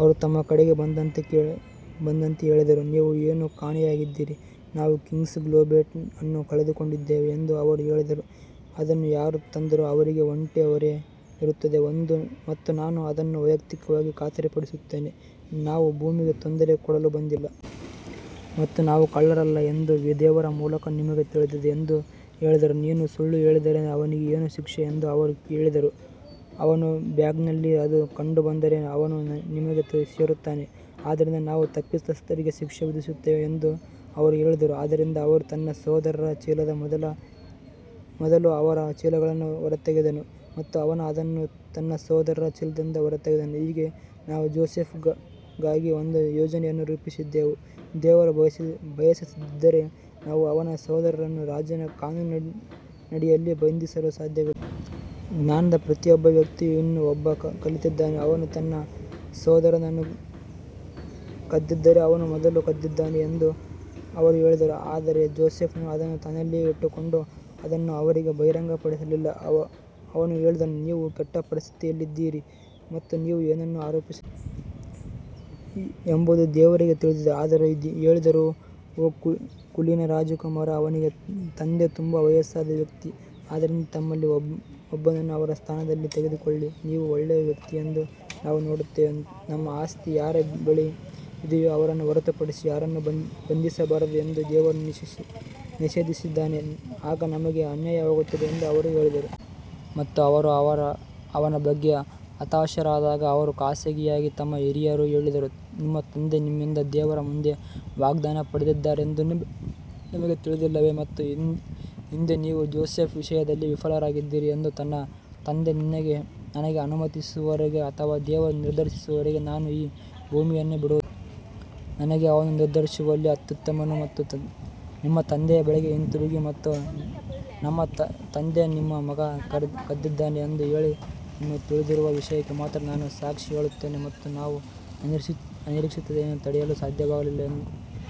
ಅವರು ತಮ್ಮ ಕಡೆಗೆ ಬಂದಂತೆ ಹೇಳಿದರು, ನೀವು ಏನು ಕಾಣೆಯಾಗಿದ್ದೀರಿ ನಾವು ಕಿಂಗ್ಸ್ ಗೋಬ್ಲೆಟ್ ಅನ್ನು ಕಳೆದುಕೊಂಡಿದ್ದೇವೆ ಎಂದು ಅವರು ಹೇಳಿದರು, ಅದನ್ನು ಯಾರು ತಂದರೂ ಅವರಿಗೆ ಒಂಟೆ ಹೊರೆ ಇರುತ್ತದೆ ಮತ್ತು ನಾನು ಅದನ್ನು ವೈಯಕ್ತಿಕವಾಗಿ ಖಾತರಿಪಡಿಸುತ್ತೇನೆ ನಾವು ಭೂಮಿಗೆ ತೊಂದರೆ ಕೊಡಲು ಬಂದಿಲ್ಲ ಮತ್ತು ನಾವು ಕಳ್ಳರಲ್ಲ ಎಂದು ದೇವರ ಮೂಲಕ ನಿಮಗೆ ತಿಳಿದಿದೆ ಎಂದು ಹೇಳಿದರು ನೀನು ಸುಳ್ಳು ಹೇಳಿದರೆ ಅವನಿಗೆ ಏನು ಶಿಕ್ಷೆ ಎಂದು ಅವರು ಹೇಳಿದರು ಅವನ ಬ್ಯಾಗ್ನಲ್ಲಿ ಅದು ಕಂಡುಬಂದರೆ ಅವನು ನಿಮಗೆ ಸೇರುತ್ತಾನೆ ಆದ್ದರಿಂದ ನಾವು ತಪ್ಪಿತಸ್ಥರಿಗೆ ಶಿಕ್ಷೆ ವಿಧಿಸುತ್ತೇವೆ ಎಂದು ಅವರು ಹೇಳಿದರು ಆದ್ದರಿಂದ ಅವನು ತನ್ನ ಸಹೋದರರ ಚೀಲದ ಮೊದಲು ಅವರ ಚೀಲಗಳನ್ನು ಹೊರತೆಗೆದನು ಮತ್ತು ಅವನು ಅದನ್ನು ತನ್ನ ಸಹೋದರರ ಚೀಲದಿಂದ ಹೊರತೆಗೆದನು, ಹೀಗೆ ನಾವು ಜೋಸೆಫ್ಗಾಗಿ ಒಂದು ಯೋಜನೆಯನ್ನು ರೂಪಿಸಿದೆವು, ದೇವರು ಬಯಸದಿದ್ದರೆ ನಾವು ಅವನ ಸಹೋದರನನ್ನು ರಾಜರ ಕಾನೂನಿನಡಿಯಲ್ಲಿ ಬಂಧಿಸಲು ಸಾಧ್ಯವಿಲ್ಲ. ಜ್ಞಾನದ ಪ್ರತಿಯೊಬ್ಬ ವ್ಯಕ್ತಿಯು ಇನ್ನೂ ಒಬ್ಬ ಕಲಿತಿದ್ದಾನೆ ಅವನು ತನ್ನ ಸಹೋದರನನ್ನು ಕದ್ದಿದ್ದರೆ ಅವನು ಮೊದಲು ಕದ್ದಿದ್ದಾನೆ ಎಂದು ಅವರು ಹೇಳಿದರು ಆದರೆ ಜೋಸೆಫ್ ಅದನ್ನು ತನ್ನಲ್ಲಿಯೇ ಇಟ್ಟುಕೊಂಡು ಅದನ್ನು ಅವರಿಗೆ ಬಹಿರಂಗಪಡಿಸಲಿಲ್ಲ ಅವನು ಹೇಳಿದನು ನೀವು ಕೆಟ್ಟ ಪರಿಸ್ಥಿತಿಯಲ್ಲಿದ್ದೀರಿ ಮತ್ತು ನೀವು ಏನನ್ನು ಆರೋಪಿಸುತ್ತೀರಿ ಎಂಬುದು ದೇವರಿಗೆ ತಿಳಿದಿದೆ ಅವರು ಹೇಳಿದರು ಓ ಕುಲೀನ ರಾಜಕುಮಾರ ಅವನಿಗೆ ತಂದೆ ತುಂಬಾ ವಯಸ್ಸಾದ ವ್ಯಕ್ತಿ, ಆದ್ದರಿಂದ ನಮ್ಮಲ್ಲಿ ಒಬ್ಬನನ್ನು ಅವನ ಸ್ಥಾನದಲ್ಲಿ ತೆಗೆದುಕೊಳ್ಳಿ ನೀನು ಒಳ್ಳೆಯ ವ್ಯಕ್ತಿ ಎಂದು ನಾವು ನೋಡುತ್ತೇವೆ ನಮ್ಮ ಆಸ್ತಿ ಯಾರ ಬಳಿ ಇದೆಯೋ ಅವರನ್ನು ಹೊರತುಪಡಿಸಿ ಯಾರನ್ನೂ ಬಂಧಿಸಬಾರದು ಎಂದು ದೇವರು ನಿಷೇಧಿಸಿದ್ದಾನೆ, ಆಗ ನಮಗೆ ಅನ್ಯಾಯವಾಗುತ್ತದೆ ಎಂದು ಅವರು ಹೇಳಿದರು. ಮತ್ತು ಅವರು ಅವನ ಬಗ್ಗೆ ಹತಾಶರಾದಾಗ ಅವರು ಖಾಸಗಿಯಾಗಿ ತಮ್ಮ ಹಿರಿಯರು ಹೇಳಿದರು, ನಿಮ್ಮ ತಂದೆ ನಿಮ್ಮಿಂದ ದೇವರ ಮುಂದೆ ವಾಗ್ದಾನ ಪಡೆದಿದ್ದಾರೆಂದು ನಿಮಗೆ ತಿಳಿದಿಲ್ಲವೇ ಮತ್ತು ಹಿಂದೆ ನೀವು ಜೋಸೆಫ್ ವಿಷಯದಲ್ಲಿ ವಿಫಲರಾಗಿದ್ದೀರಿ ಎಂದು ನನ್ನ ತಂದೆ ನನಗೆ ಅನುಮತಿಸುವವರೆಗೆ ಅಥವಾ ದೇವರು ನಿರ್ಧರಿಸುವವರೆಗೆ ನಾನು ಈ ಭೂಮಿಯನ್ನು ಬಿಡುವುದಿಲ್ಲ. ನನಗೆ ಅವನು ನಿರ್ಧರಿಸುವವರಲ್ಲಿ ಅತ್ಯುತ್ತಮನು ನಿಮ್ಮ ತಂದೆಯ ಬಳಿಗೆ ಹಿಂತಿರುಗಿ ಮತ್ತು ನಮ್ಮ ತಂದೆ ನಿಮ್ಮ ಮಗ ಕದ್ದಿದ್ದಾನೆ ಎಂದು ಹೇಳಿ, ನಮಗೆ ತಿಳಿದಿರುವ ವಿಷಯಕ್ಕೆ ಮಾತ್ರ ನಾವು ಸಾಕ್ಷಿ ಹೇಳುತ್ತೇವೆ ಮತ್ತು ನಾವು ಅನಿರೀಕ್ಷಿತತೆಯನ್ನು ತಡೆಯಲು ಸಾಧ್ಯವಾಗಲಿಲ್ಲ.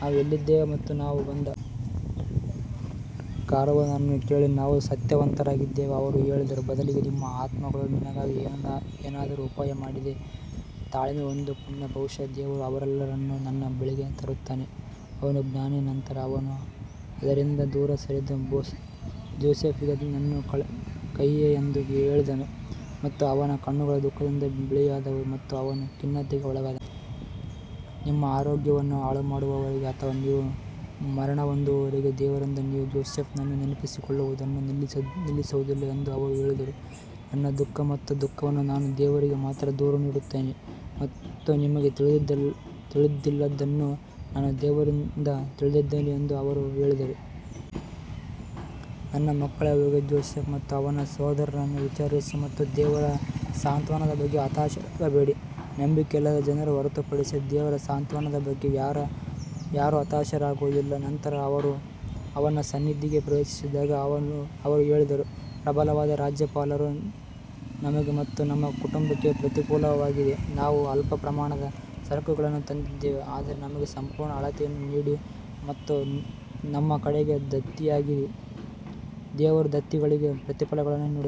ನಾವು ಎಲ್ಲಿದ್ದೆವು ಮತ್ತು ನಾವು ಬಂದ ಕಾರವಾನ್ ಅನ್ನು ಕೇಳಿ ನಾವು ಸತ್ಯವಂತರಾಗಿದ್ದೇವೆ ಅವರು ಹೇಳಿದರು ಬದಲಿಗೆ ನಿಮ್ಮ ಆತ್ಮಗಳು ನಿನಗಾಗಿ ಏನಾದರೂ ಉಪಾಯ ಮಾಡಿದೆ ತಾಳ್ಮೆ ಒಂದು ಪುಣ್ಯ ಬಹುಶಃ ದೇವರು ಅವರೆಲ್ಲರನ್ನೂ ನನ್ನ ಬಳಿಗೆ ತರುತ್ತಾನೆ ಅವನು ಜ್ಞಾನಿ ನಂತರ ಅವನು ಅವರಿಂದ ದೂರ ಸರಿದು ಜೋಸೆಫ್ಗೆ ನನ್ನ ಕಹಿಯೇ ಎಂದು ಹೇಳಿದನು ಮತ್ತು ಅವನ ಕಣ್ಣುಗಳು ದುಃಖದಿಂದ ಬಿಳಿಯಾದವು ಮತ್ತು ಅವನು ಖಿನ್ನತೆಗೆ ಒಳಗಾದನು. ನಿಮ್ಮ ಆರೋಗ್ಯವನ್ನು ಹಾಳುಮಾಡುವವರೆಗೆ ಅಥವಾ ನೀವು ಮರಣಹೊಂದುವವರೆಗೆ ದೇವರಿಂದ ನೀವು ಜೋಸೆಫ್ನನ್ನು ನೆನಪಿಸಿಕೊಳ್ಳುವುದನ್ನು ನಿಲ್ಲಿಸುವುದಿಲ್ಲ ಎಂದು ಅವರು ಹೇಳಿದರು ನನ್ನ ದುಃಖ ಮತ್ತು ದುಃಖವನ್ನು ನಾನು ದೇವರಿಗೆ ಮಾತ್ರ ದೂರು ನೀಡುತ್ತೇನೆ ಮತ್ತು ನಿಮಗೆ ತಿಳಿದಿಲ್ಲದ್ದನ್ನು ನಾನು ದೇವರಿಂದ ತಿಳಿದಿದ್ದೇನೆ ಎಂದು ಅವರು ಹೇಳಿದರು ಓ ನನ್ನ ಮಕ್ಕಳೇ ಹೋಗಿ ಜೋಸೆಫ್ ಮತ್ತು ಅವನ ಸಹೋದರನನ್ನು ವಿಚಾರಿಸಿ ಮತ್ತು ದೇವರ ಸಾಂತ್ವನದ ಬಗ್ಗೆ ಹತಾಶರಾಗಬೇಡಿ, ನಂಬಿಕೆಯಿಲ್ಲದ ಜನರನ್ನು ಹೊರತುಪಡಿಸಿ ದೇವರ ಸಾಂತ್ವನದ ಬಗ್ಗೆ ಯಾರೂ ಹತಾಶರಾಗುವುದಿಲ್ಲ ನಂತರ ಅವರು ಅವನ ಸನ್ನಿಧಿಗೆ ಪ್ರವೇಶಿಸಿದಾಗ ಅವರು ಹೇಳಿದರು ಪ್ರಬಲವಾದ ರಾಜ್ಯಪಾಲರು ನಮಗೆ ಮತ್ತು ನಮ್ಮ ಕುಟುಂಬಕ್ಕೆ ಪ್ರತಿಕೂಲವಾಗಿದೆ ನಾವು ಅಲ್ಪ ಪ್ರಮಾಣದ ಸರಕುಗಳನ್ನು ತಂದಿದ್ದೇವೆ ಆದರೆ ನಮಗೆ ಸಂಪೂರ್ಣ ಅಳತೆಯನ್ನು ನೀಡಿ ಮತ್ತು ನಮ್ಮ ಕಡೆಗೆ ದತ್ತಿಯಾಗಿರಿ ದೇವರು ದತ್ತಿಗಳಿಗೆ ಪ್ರತಿಫಲವನ್ನು ನೀಡುತ್ತಾನೆ.